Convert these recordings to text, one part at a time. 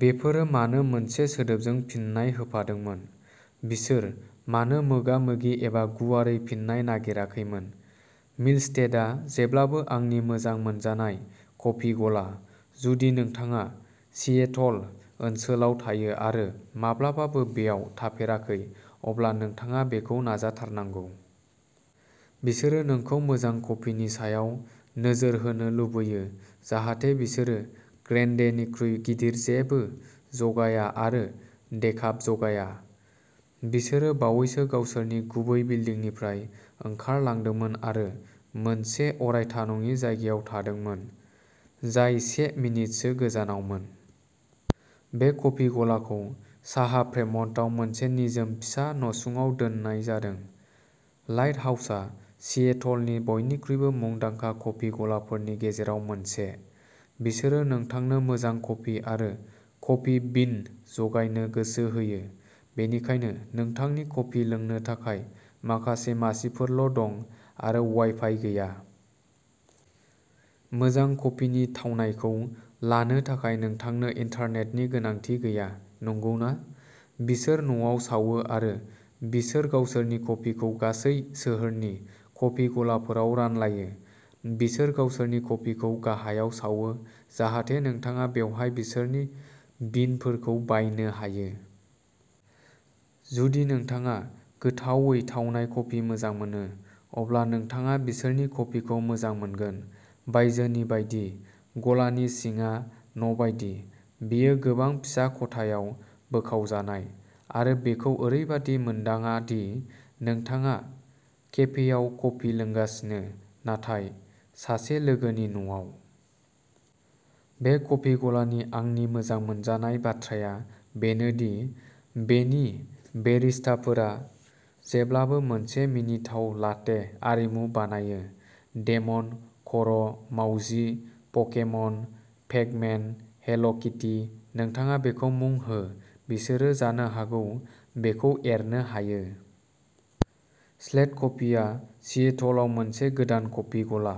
बेफोरो मानो मोनसे सोदोबजों फिननाय होफादोंमोन? बिसोर मानो मोगा-मोगि एबा गुवारै फिन्नाय नागिराखैमोन? मिल्स्टेडआ जेब्लाबो आंनि मोजां मोनजानाय कफि गला। जुदि नोंथाङा सिएटल ओनसोलाव थायो आरो माब्लाबाबो बेयाव थाफेराखै, अब्ला नोंथाङा बेखौ नाजाथारनांगौ! बिसोरो नोंखौ मोजां कफिनि सायाव नोजोर होनो लुबैयो जाहाथे बिसोरो ग्रेन्डेनिख्रुइ गिदिर जेबो जगाया आरो डेकाफ जगाया। बिसोरो बावैसो गावसोरनि गुबै बिल्दिंनिफ्राय ओंखारलांदोंमोन आरो मोनसे अरायथा नङि जायगायाव थादोंमोन, जाय से मिनिटसो गोजानावमोन। बे कफि गलाखौ साहा फ्रेमन्टआव मोनसे निजोम फिसा नसुङाव दोननाय जादों। लाइटहाउसआ सिएटलनि बयनिख्रुइबो मुंदांखा कफि गलाफोरनि गेजेराव मोनसे। बिसोरो नोंथांनो मोजां कफि आरो कफि बिन जगायनो गोसो होयो, बेनिखायनो नोंथांनि कफि लोंनो थाखाय माखासे मासिफोरल'दं आरो वाइफाइ गैया। मोजां कफिनि थावनायखौ लानो थाखाय नोंथांनो इन्टारनेटनि गोनांथि गैया, नंगौना? बिसोर न'आव सावो आरो बिसोर गावसोरनि कफिखौ गासै सोहोरनि कफि गलाफोराव रानलायो। बिसोर गावसोरनि कफिखौ गाहायाव सावो जाहाथे नोंथाङा बेवहाय बिसोरनि बिनफोरखौ बायनो हायो। जुदि नोंथाङा गोथावै थावनाय कफि मोजां मोनो, अब्ला नोंथाङा बिसोरनि कफिखौ मोजां मोनगोन। बायजोनि बायदि, गलानि सिंआ न'बायदि। बेयो गोबां फिसा खथायाव बोखावजानाय आरो बेखौ ओरैबायदि मोनदाङा दि नोंथाङा केफेआव कफि लोंगासिनो, नाथाय सासे लोगोनि न'आव। बे कफि गलानि आंनि मोजां मोनजानाय बाथ्राया बेनो दि बेनि बेरिस्टाफोरा जेब्लाबो मोनसे मिनिथाव लाटे आरिमु बानायोः डेमन, खर', मावजि, पकेमन, पेक-मेन, हेल'किटि-- नोंथाङा बेखौ मुं हो, बिसोरो जानो हागौ बेखौ एरनो हायो। स्लेट कफिआ सिएटलआव मोनसे गोदान कफि गला,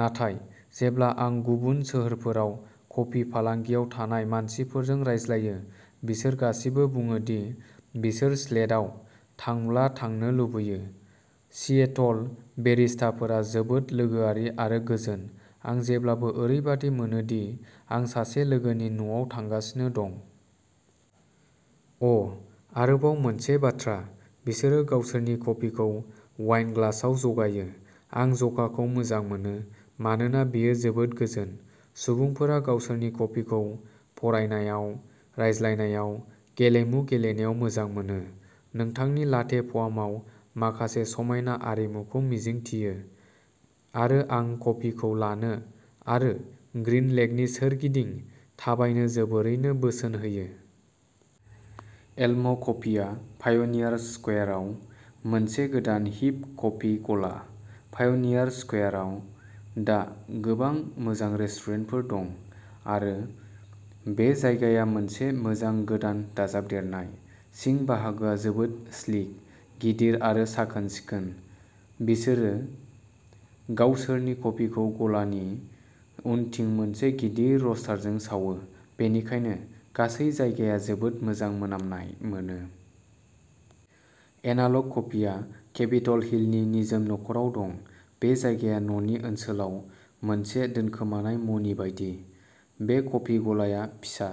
नाथाय जेब्ला आं गुबुन सोहोरफोराव कफि फालांगियाव थानाय मानसिफोरजों रायज्लायो, बिसोर गासिबो बुङो दि बिसोर स्लेटआव थांब्ला थांनो लुबैयो। सिएटल। बेरिस्टाफोरा जोबोद लोगोआरि आरो गोजोन। आं जेब्लाबो ओरैबादि मोनो दि आं सासे लोगोनि न'आव थांगासिनो दं। अ'आरोबाव मोनसे बाथ्रा, बिसोरो गावसोरनि कफिखौ वाइन ग्लासआव जगायो! आं ज'काखौ मोजां मोनो मानोना बेयो जोबोद गोजोन! सुबुंफोरा गावसोरनि कफिखौ फरायनायाव, रायज्लायनायाव, गेलेमु गेलेनायाव मोजां मोनो। नोंथांनि लाटे फोमआव माखासे समायना आरिमुखौ मिजिंथियो, आरो आं कफिखौ लानो आरो ग्रीन लेकनि सोरगिदिं थाबायनो जोबोरैनो बोसोन होयो। एल्म कफिआ पाय'नियार स्केयारआव मोनसे गोदान हिप कफि गला। पाय'नियार स्केयारआव दा गोबां मोजां रेस्टुरेन्टफोर दं आरो बे जायगाया मोनसे मोजां गोदान दाजाबदेरनाय। सिं बाहागोआ जोबोद स्लिक, गिदिर आरो साखोन-सिखोन। बिसोरो गावसोरनि कफिखौ गलानि उनथिं मोनसे गिदिर र'स्टारजों सावो, बेनिखायनो गासै जायगाया जोबोद मोजां मोनामनाय मोनो। एनाल'ग कफिआ केपिटल हिलनि निजोम न'खरआव दं। बे जायगाया न'नि ओनसोलाव मोनसे दोनखोमानाय मणि बायदि। बे कफि गलाआ फिसा।